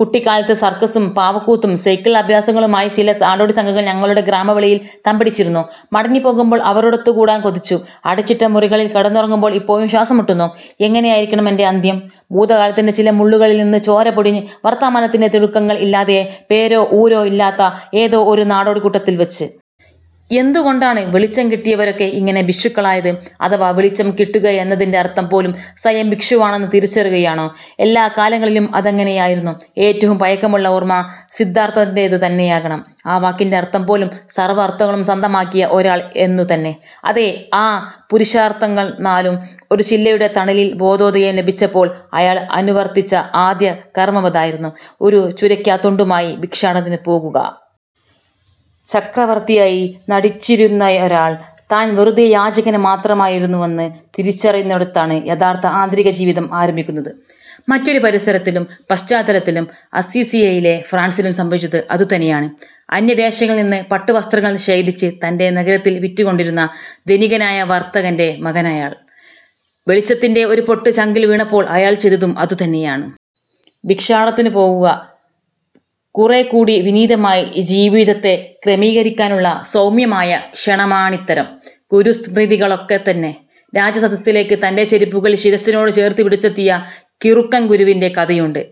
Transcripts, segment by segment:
കുട്ടിക്കാലത്ത് സർക്കസും പാവക്കൂത്തും സൈക്കിൾ അഭ്യാസങ്ങളുമായി ചില നാടോടിസംഘങ്ങൾ ഞങ്ങളുടെ ഗ്രാമവെളിയിൽ തമ്പടിച്ചിരുന്നു. മടങ്ങിപ്പോകുമ്പോൾ അവരോടൊത്തുകൂടാൻ കൊതിച്ചു. അടച്ചിട്ടമുറികളിൽ കിടന്നുറങ്ങുമ്പോൾ ഇപ്പോഴും ശ്വാസംമുട്ടുന്നു. എങ്ങനെയായിരിക്കണം എന്റെ അന്ത്യം. ഭൂതകാലത്തിന്റെ ചില മുള്ളുകളിൽനിന്ന് ചോരപൊടിഞ്ഞ് വർത്തമാനത്തിന്റെ തിടുക്കങ്ങൾ ഇല്ലാതെ പേരോ ഊരോ ഇല്ലാത്ത ഏതോ ഒരു നാടോടിക്കൂട്ടത്തിൽവെച്ച്. എന്തുകൊണ്ടാണ് വെളിച്ചം കിട്ടിയവരൊക്കെ ഇങ്ങനെ ഭിക്ഷുക്കളായത്. അഥവാ വെളിച്ചം കിട്ടുകയെന്നതിന്റെ അർഥം പോലും സ്വയംഭിക്ഷുവാണെന്ന് തിരിച്ചറിയുകയാണോ. എല്ലാകാലങ്ങളിലും അതങ്ങനെയായിരുന്നു. ഏറ്റവും പഴക്കമുള്ള ഓർമ, സിദ്ധാർഥന്റേതു തന്നെയാകണം. ആ വാക്കിന്റെ അർഥംപോലും സർവ അർഥങ്ങളും സ്വന്തമാക്കിയ ഒരാൾ എന്നുതന്നെ. അതെ, ആ പുരുഷാർഥങ്ങൾ നാലും. ഒരു ചില്ലയുടെ തണലിൽ ബോധോദയം ലഭിച്ചപ്പോൾ അയാൾ അനുവർത്തിച്ച ആദ്യകർമമതായിരുന്നു, ഒരു ചുരയ്ക്കാത്തൊണ്ടുമായി ഭിക്ഷാടനത്തിനു പോകുക. ചക്രവർത്തിയായി നടിച്ചിരുന്നയൊരാൾ താൻ വെറുതെ യാചകൻ മാത്രമായിരുന്നുവെന്ന് തിരിച്ചറിയുന്നിടത്താണ് യഥാർഥമായ ആന്തരികജീവിതം ആരംഭിക്കുന്നത്. മറ്റൊരു പരിസരത്തിലും പശ്ചാത്തലത്തിലും അസ്സീസിയിലെ ഫ്രാൻസിസിലും സംഭവിച്ചത് അതുതന്നെയാണ്. അന്യദേശങ്ങളിൽനിന്ന് പട്ടുവസ്ത്രങ്ങൾ ശേഖരിച്ച് തന്റെ നഗരത്തിൽ വിറ്റുകൊണ്ടിരുന്ന ധനികനായ വർത്തകന്റെ മകനാണയാൾ. വെളിച്ചത്തിന്റെ ഒരു പൊട്ട് ചങ്കിൽ വീണപ്പോൾ അയാൾ ചെയ്തതും അതുതന്നെയാണ്. ഭിക്ഷാടനത്തിനു പോവുക. കുറെക്കൂടി വിനീതമായി ജീവിതത്തെ ക്രമീകരിക്കാനുള്ള സൗമ്യമായ ക്ഷണമാണിത്തരം ഗുരുസ്മൃതികളൊക്കെത്തന്നെ. രാജസദസ്സിലേക്ക് തന്റെ ചെരുപ്പുകൾ ശിരസ്സിനോട് ചേർത്തുപിടിച്ചെത്തിയ കിറുക്കൻഗുരുവിന്റെ കഥയുണ്ട്.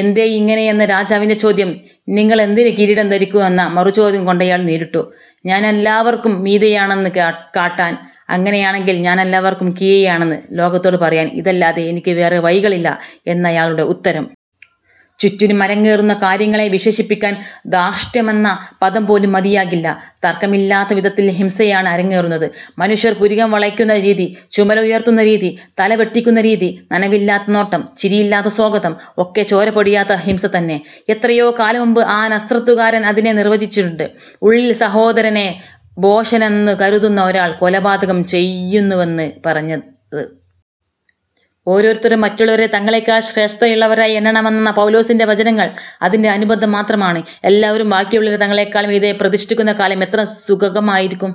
എന്തേയിങ്ങനെയെന്ന രാജാവിന്റെ ചോദ്യം നിങ്ങളെന്തിന് കിരീടം ധരിക്കുന്നുവെന്ന മറുചോദ്യംകൊണ്ടയാൾ നേരിട്ടു;'ഞാനെല്ലാവർക്കും മീതെയാണെന്ന് കാട്ടാൻ. ''അങ്ങനെയെങ്കിൽ ഞാനെല്ലാവർക്കും കീഴെയാണെന്ന് ലോകത്തോടു പറയാൻ ഇതല്ലാതെ എനിക്ക് വേറെ വഴികളില്ല'എന്നയാളുടെ ഉത്തരം. ചുറ്റിനും അരങ്ങേറുന്ന കാര്യങ്ങളെ വിശേഷിപ്പിക്കാൻ ധാർഷ്ട്യമെന്ന പദം പോലും മതിയാകില്ല. തർക്കമില്ലാത്ത വിധത്തിൽ ഹിംസയാണ് അരങ്ങേറുന്നത്. മനുഷ്യർ പുരികംവളയ്ക്കുന്ന രീതി, ചുമല് ഉയർത്തുന്ന രീതി, തല വെട്ടിക്കുന്ന രീതി, നനവില്ലാത്ത നോട്ടം, ചിരിയില്ലാത്ത സ്വാഗതം ഒക്കെ ചോരപൊടിയാത്ത ഹിംസതന്നെ. എത്രയോ കാലംമുൻപ് ആ നസ്രത്തുകാരൻ അതിനെ നിർവചിച്ചിട്ടുണ്ട്:ഉള്ളിൽ സഹോദരനെ ഭോഷനെന്നുകരുതുന്ന ഒരാൾ കൊലപാതകം ചെയ്യുന്നുവെന്ന് പറഞ്ഞ്. ഓരോരുത്തരും മറ്റുള്ളവരെ തങ്ങളെക്കാൾ ശ്രേഷ്ഠതയുള്ളവരായി എണ്ണണമെന്ന പൗലോസിന്റെ വചനങ്ങൾ അതിന്റെ അനുബന്ധം മാത്രമാണ്. എല്ലാവരും ബാക്കിയുള്ളവരെ തങ്ങളെക്കാൾ മീതെ പ്രതിഷ്ഠിക്കുന്നകാലം എത്ര സുഭഗമായിരിക്കും.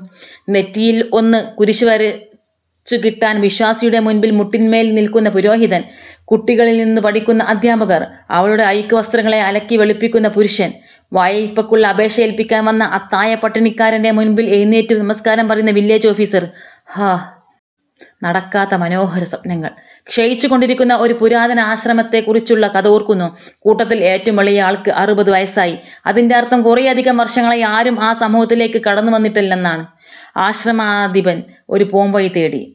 നെറ്റിയിൽ ഒന്ന് കുരിശു വരച്ചുകിട്ടാൻ വിശ്വാസിയുടെമുൻപിൽ മുട്ടിൻമേൽനില്ക്കുന്ന പുരോഹിതൻ, കുട്ടികളിൽനിന്നു പഠിക്കുന്ന അധ്യാപകർ, അവളുടെ അഴുക്കുവസ്ത്രങ്ങളെ അലക്കിവെളുപ്പിക്കുന്ന പുരുഷൻ, വായ്പയ്ക്കുള്ള അപേക്ഷ ഏല്പിക്കാൻ വന്ന അത്താഴപ്പട്ടിണിക്കാരന്റെ മുൻപിൽ എഴുന്നേറ്റ് നമസ്കാരം പറയുന്ന വില്ലേജ് ഓഫീസര് ഹാ. നടക്കാത്ത മനോഹരസ്വപ്നങ്ങൾ. ക്ഷയിച്ചു കൊണ്ടിരുന്ന ഒരു പുരാതന ആശ്രമത്തെക്കുറിച്ചുള്ള കഥ ഓർമിക്കുന്നു. കൂട്ടത്തിൽ ഏറ്റവും ഇളയ ആൾക്ക് അറുപതുവയസ്സായി. അതിന്റെ അർഥം കുറേയധികം വർഷങ്ങളായി ആരും ആ സമൂഹത്തിലേക്ക് കടന്നുവന്നിട്ടില്ലെന്നാണ്. ആശ്രമാധിപൻ ഒരു പോംവഴി തേടി